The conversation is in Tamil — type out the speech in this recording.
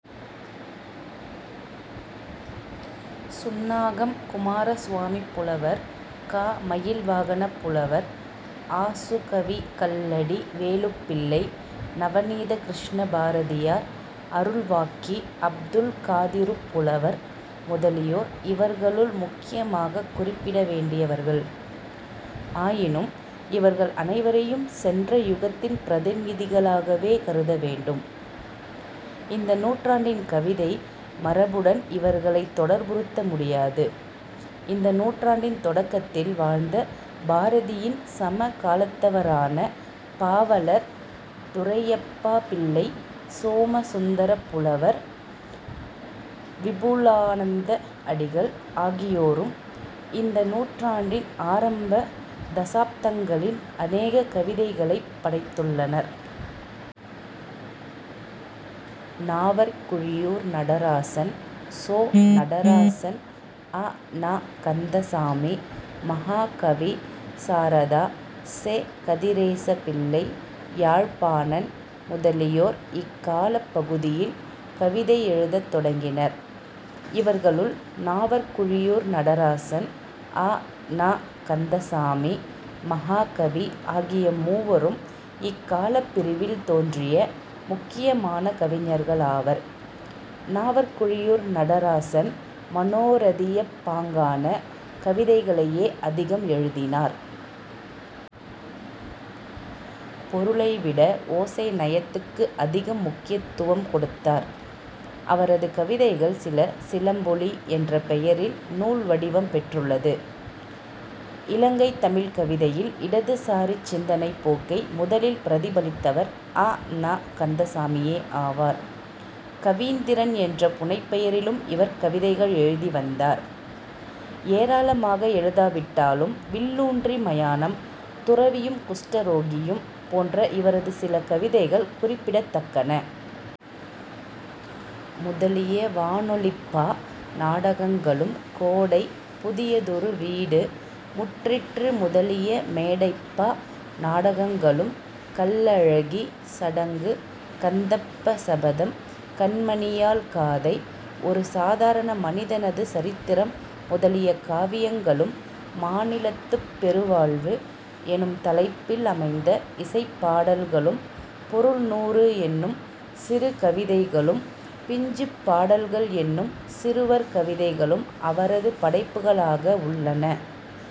சுன்னாகம் குமாரசுவாமிப்புலவர், க. மயில்வாகனப் புலவர், ஆசுகவி கல்லடி வேலுப்பிள்ளை, நவநீதகிருஷ்ணபாரதியார், அருள்வாக்கி அப்துல்காதிறுப் புலவர் முதலியோர் இவர்களுள் முக்கியமாகக் குறிப்பிடவேண்டியவர்கள். ஆயினும் இவர்கள் அனைவரையும் சென்ற யுகத்தின் பிரதிநிதிகளாகவே கருதவேண்டும். இந்த நூற்றாண்டின் கவிதை மரபுடன் இவர்களைத் தொடர்புறுத்த முடியாது. இந்த நூற்றாண்டின் தொடக்கத்தில் வாழ்ந்த, பாரதியின் சம காலத்தவரான பாவலர் துரையப்பாபிள்ளை, சோம சுந்தரப்புலவர், விபுலானந்த அடிகள் ஆகியோரும் இந்த நூற்றாண்டின் ஆரம்ப தசாப்தங்களில் அநேக கவிதைகளைப் படைத்துள்ளனர். நாவற் குழியூர் நடராசன், சோ. நடராசன், அ. ந. கந்தசாமி, மஹாகவி, சாரதா, செ. கதிரேசபிள்ளை, யாழ்ப்பாணன் முதலியோர், இக்காலப் பகுதியில் கவிதை எழுதத் தொடங்கினர். இவர்களுள் நாவற்குழியூர் நடராசன், அ. ந. கந்தசாமி, மஹாகவி ஆகிய மூவரும் இக்காலப்பிரிவில் தோன்றிய முக்கியமான கவிஞர்களாவர். நாவற்குழியூர் நடராசன் மனோரதியப் பாங்கான கவிதைகளையே அதிகம் எழுதினார். பொருளைவிட ஒசைநயத்துக்கு அதிகம் முக்கியத்துவம் கொடுத்தார். அவரது கவிதைகள் சில 'சிலம்பொலி' என்ற பெயரில் நூல்வடிவம் பெற்றுள்ளது. இலங்கைத் தமிழ் கவிதையில் இடதுசாரிச் சிந்தனை போக்கை முதலில் பிரதிபலித்தவர் அ. ந. கந்தசாமியே ஆவர். 'கவீந்திரன்' என்ற புனைபெயரிலும் இவர் கவிதைகள் எழுதிவந்தார். ஏராளமாக எழுதாவிட்டாலும் வில்லூன்றி மயானம், துறவியும் குஸ்டரோகியும் போன்ற இவரது சில கவிதைகள் குறிப்பிடத்தக்கன. முதலிய வானொலிப் பா நாடகங்களும், கோடை, புதியதொரு வீடு, முற்றிற்று முதலிய மேடைப் பா நாடகங்களும், கல்லழகி, சடங்கு, கந்தப்பசபதம், கண்மணியாள் காதை, ஒரு சாதாரண மனிதனது சரித்திரம் முதலிய காவியங்களும் மானிலத்துப் பெரு வாழ்வு எனும் தலைப்பில் அமைந்த இசைப்பாடல்களும் புறநூறு என்னும் சிறு கவிதைகளும் பிஞ்சுப் பாடல்கள் என்னும் சிறுவர் கவிதைகளும் அவரது படைப்புக்களாக உள்ளன.